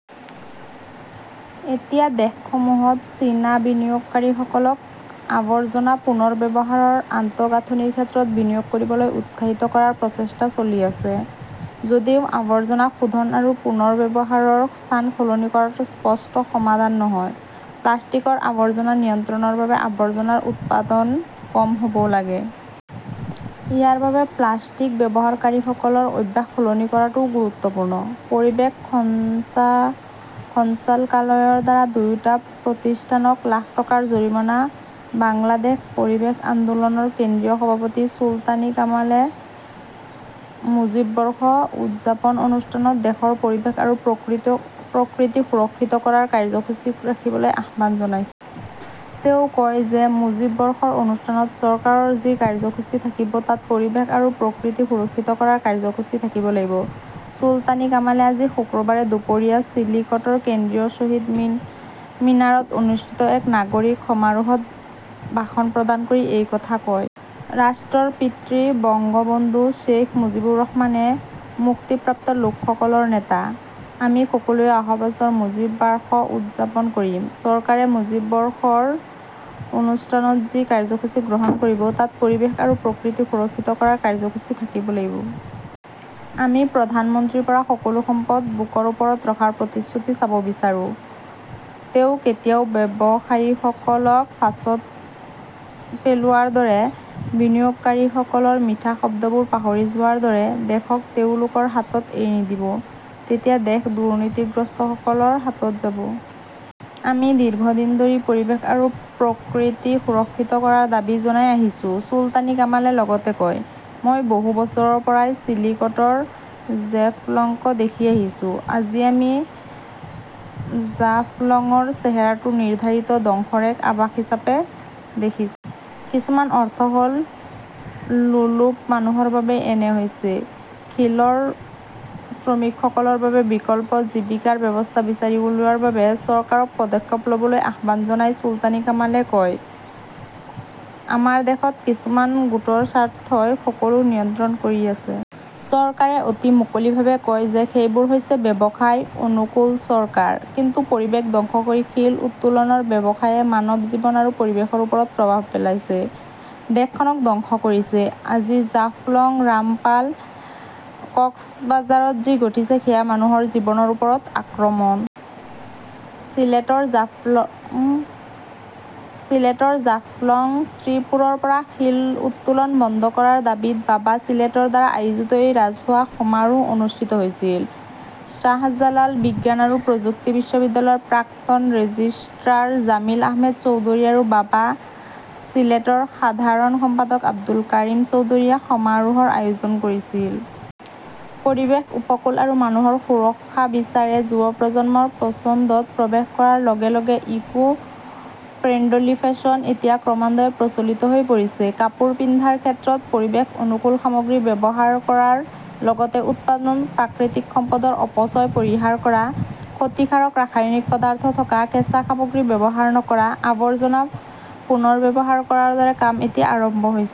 এতিয়া দেশসমূহত চীনা বিনিয়োগকাৰীসকলক আৱৰ্জনা পুনৰ ব্যৱহাৰৰ আন্তঃগাঁথনিৰ ক্ষেত্ৰত বিনিয়োগ কৰিবলৈ উৎসাহিত কৰাৰ প্ৰচেষ্টা চলি আছে। যদিও আৱৰ্জনা শোধন আৰু পুনৰ ব্যৱহাৰৰ স্থান সলনি কৰাটো স্পষ্ট সমাধান নহয়, প্লাষ্টিকৰ আৱৰ্জনা নিয়ন্ত্ৰণৰ বাবে আৱৰ্জনাৰ উৎপাদন কম হ 'ব লাগে। ইয়াৰ বাবে প্লাষ্টিক ব্যৱহাৰকাৰীসকলৰ অভ্যাস সলনি কৰাটোও গুৰুত্বপূৰ্ণ। পৰিৱেশ সঞ্চালকালয়ৰ দ্বাৰা দুয়োটা প্ৰতিষ্ঠানক লাখ টকাৰ জৰিমনা বাংলাদেশ পৰিৱেশ আন্দোলনৰ কেন্দ্ৰীয় সভাপতি চুলতানী কামালে মুজীব বৰ্ষ উদযাপন অনুষ্ঠানত দেশৰ পৰিৱেশ আৰু প্ৰকৃতি সুৰক্ষিত কৰাৰ কাৰ্যসূচী ৰাখিবলৈ আহ্বান জনাইছে। তেওঁ কয় যে মুজীব বৰ্ষৰ অনুষ্ঠানত চৰকাৰৰ যি কাৰ্যসূচী থাকিব, তাত পৰিৱেশ আৰু প্ৰকৃতি সুৰক্ষিত কৰাৰ কাৰ্যসূচী থাকিব লাগিব। চুলতানী কামালে আজি শুক্ৰবাৰে দুপৰীয়া চিলিকটৰ কেন্দ্ৰীয় শ্বহীদ মিনাৰত অনুষ্ঠিত এক নাগৰিক সমাৰোহত ভাষণ প্ৰদান কৰি এই কথা কয়। "ৰাষ্ট্ৰৰ পিতৃ বঙ্গবন্ধু শ্বেইখ মুজিবুৰ ৰহমানে মুক্তিপ্ৰাপ্ত লোকসকলৰ নেতা। আমি সকলোৱে অহা বছৰ মুজীব বাৰ্ষ উদযাপন কৰিম। চৰকাৰে মুজীব বৰ্ষৰ অনুষ্ঠানত যি কাৰ্যসূচী গ্ৰহণ কৰিব, তাত পৰিৱেশ আৰু প্ৰকৃতি সুৰক্ষিত কৰাৰ কাৰ্যসূচী থাকিব লাগিব। আমি প্ৰধানমন্ত্ৰীৰ পৰা সকলো সম্পদ বুকৰ ওপৰত ৰখাৰ প্ৰতিশ্ৰুতি চাব বিচাৰো। তেওঁ কেতিয়াও ব্যৱসায়ীসকলক ফাঁচত পেলোৱাৰ দৰে, বিনিয়োগকাৰীসকলৰ মিঠা শব্দবোৰ পাহৰি যোৱাৰ দৰে, দেশক তেওঁলোকৰ হাতত এৰি নিদিব। তেতিয়া দেশ দুৰ্নীতিগ্ৰস্তসকলৰ হাতত যাব। আমি দীৰ্ঘদিন ধৰি পৰিৱেশ আৰু প্ৰকৃতি সুৰক্ষিত কৰাৰ দাবী জনাই আহিছো, চুলতানী কামালে লগতে কয়। মই বহু বছৰৰ পৰাই চিলিকটৰ জেফলংক দেখি আহিছো। আজি আমি জাফলঙৰ চেহেৰাটো নিৰ্ধাৰিত ধ্বংসৰ এক আভাস হিচাপে দেখিছোঁ। কিছুমান অৰ্থ হ 'ল লোলুপ মানুহৰ বাবেই এনে হৈছে। শিলৰ শ্ৰমিকসকলৰ বাবে বিকল্প জীৱিকাৰ ব্যৱস্থা বিচাৰি উলিওৱাৰ বাবে চৰকাৰক পদক্ষেপ ল'বলৈ আহ্বান জনাই চুলতানী কামালে কয, আমাৰ দেশত কিছুমান গোটৰ স্বাৰ্থই সকলো নিয়ন্ত্ৰণ কৰি আছে। চৰকাৰে অতি মুকলিভাৱে কয় যে সেইবোৰ হৈছে ব্যৱসায়-অনুকূল চৰকাৰ। কিন্তু পৰিৱেশ ধ্বংস কৰি শিল উত্তোলনৰ ব্যৱসায়ে মানৱ জীৱন আৰু পৰিৱেশৰ ওপৰত প্ৰভাৱ পেলাইছে, দেশখনক ধ্বংস কৰিছে। আজি জাফলঙ, ৰামপাল, কক্সবাজাৰত যি ঘটিছে সেয়া মানুহৰ জীৱনৰ ওপৰত আক্ৰমণ। চিলেটৰ জাফলং, শ্ৰীপুৰৰ পৰা শিল উত্তোলন বন্ধ কৰাৰ দাবীত বাবা চিলেটৰ দ্বাৰা আয়োজিত এই ৰাজহুৱা সমাৰোহ অনুষ্ঠিত হৈছিল। শ্বাহজালাল বিজ্ঞান আৰু প্ৰযুক্তি বিশ্ববিদ্যালয়ৰ প্ৰাক্তন ৰেজিষ্ট্ৰাৰ জামিল আহমেদ চৌধুৰী আৰু বাবা চিলেটৰ সাধাৰণ সম্পাদক আব্দুল কাৰিম চৌধুৰীয়ে সমাৰোহৰ আয়োজন কৰিছিল। পৰিৱেশ, উপকূল আৰু মানুহৰ সুৰক্ষা বিচাৰে যুৱ প্ৰজন্মৰ পছন্দত প্ৰৱেশ কৰাৰ লগে লগে 'ইকো-ফ্ৰেণ্ডলি ফেশ্বন "এতিয়া ক্ৰমান্বয়ে প্ৰচলিত হৈ পৰিছে। কাপোৰ পিন্ধাৰ ক্ষেত্ৰত পৰিৱেশ-অনুকূল সামগ্ৰী ব্যৱহাৰ কৰাৰ লগতে উৎপাদনত প্ৰাকৃতিক সম্পদৰ অপচয় পৰিহাৰ কৰা, ক্ষতিকাৰক ৰাসায়নিক পদাৰ্থ থকা কেঁচা সামগ্ৰী ব্যৱহাৰ নকৰা, আৱৰ্জনা পুনৰ্ব্যৱহাৰ কৰাৰ দৰে কাম এতিয়া আৰম্ভ হৈছে।